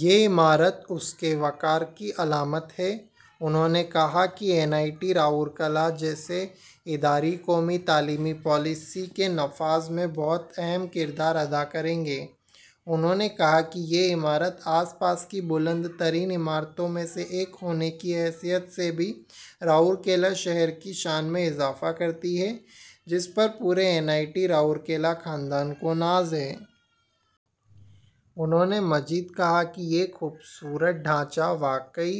یہ عمارت اس کے وقار کی علامت ہے۔ انہوں نے کہا کہ این آئی ٹی رورکیلا جیسے ادارے قومی تعلیمی پالیسی کے نفاذ میں بہت اہم کردار ادا کریں گے۔ انہوں نے کہا کہ یہ عمارت آس پاس کی بلند ترین عمارتوں میں سے ایک ہونے کی حیثیت سے بھی رورکیلا شہر کی شان میں اضافہ کرتی ہے، جس پر پورے این آئی ٹی رورکیلا خاندان کو ناز ہے۔ انہوں نے مزید کہا کہ یہ خوبصورت ڈھانچہ واقعی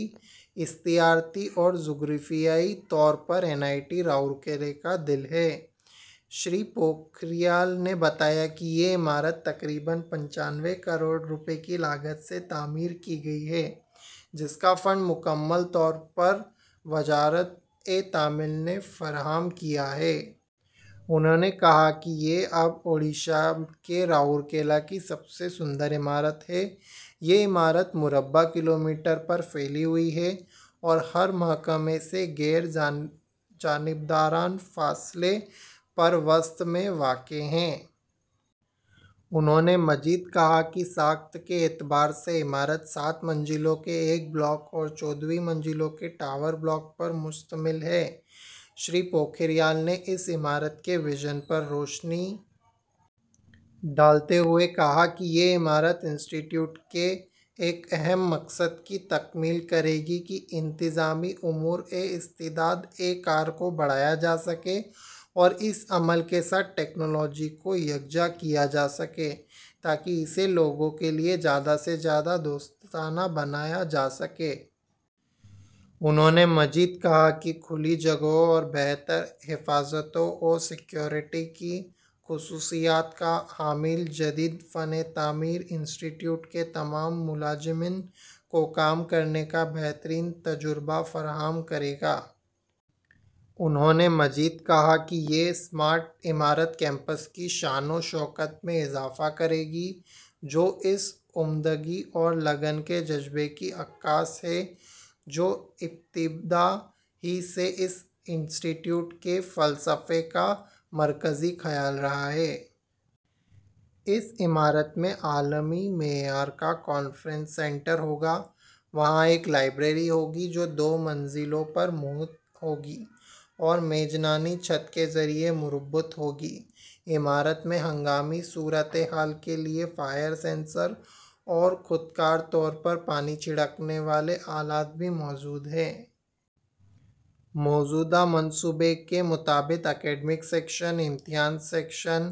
استعاراتی اور جغرافیائی طور پر ’این آئی ٹی رورکیلا کا دل‘ ہے۔ شری پوکھریال نے بتایا کہ یہ عمارت تقریباً پچانوے کروڑ روپے کی لاگت سے تعمیر کی گئی ہے، جس کا فنڈ مکمل طور پر وزارت تعلیم نے فراہم کیا ہے۔ انہوں نے کہا کہ یہ اب اوڈیشہ کے رورکیلا کی سب سے بلند عمارت ہے۔ یہ عمارت مربع کلومیٹر پر پھیلی ہوئی ہے اور ہر محکمہ سے غیر جانب دارانہ فاصلے پر، وسط میں واقع ہے۔ انہوں نے مزید کہا کہ ساخت کے اعتبار سے عمارت سات منزلوں کے ایک بلاک اور چودہ منزلوں کے ٹاور بلاک پر مشتمل ہے۔ شری پوکھریال نے اس عمارت کے وژن پر روشنی ڈالتے ہوئے کہا کہ یہ عمارت انسٹی ٹیوٹ کے ایک اہم مقصد کی تکمیل کرے گی کہ انتظامی امور میں استعدادِ کار کو بڑھایا جا سکے اور اس عمل کے ساتھ ٹیکنالوجی کو یکجا کیا جا سکے تاکہ اسے لوگوں کے لیے زیادہ سے زیادہ دوستانہ بنایا جا سکے۔ انہوں نے مزید کہا کہ کھلی جگہوں اور بہتر حفاظت و سیکیورٹی کی خصوصیات کا حامل جدید فنِ تعمیر انسٹی ٹیوٹ کے تمام ملازمین کو کام کرنے کا بہترین تجربہ فراہم کرے گا۔ انہوں نے مزید کہا کہ یہ اسمارٹ عمارت کیمپس کی شان و شوکت میں اضافہ کرے گی، جو اس عمدگی اور لگن کے جذبے کی عکاس ہے جو ابتدا ہی سے اس انسٹی ٹیوٹ کے فلسفے کا مرکزی خیال رہا ہے۔ اس عمارت میں عالمی معیار کا کانفرنس سینٹر ہوگا۔ وہاں ایک لائبریری ہوگی جو دو منزلوں پر محیط ہوگی اور میزانین چھت کے ذریعے مربوط ہوگی۔ عمارت میں ہنگامی صورتحال کے لیے فائر سینسرز اور خودکار طور پر پانی چھڑکنے والے آلات بھی موجود ہیں۔ موجودہ منصوبے کے مطابق اکیڈمک سیکشن، امتحان section,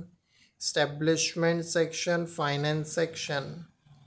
establishment section, finance section,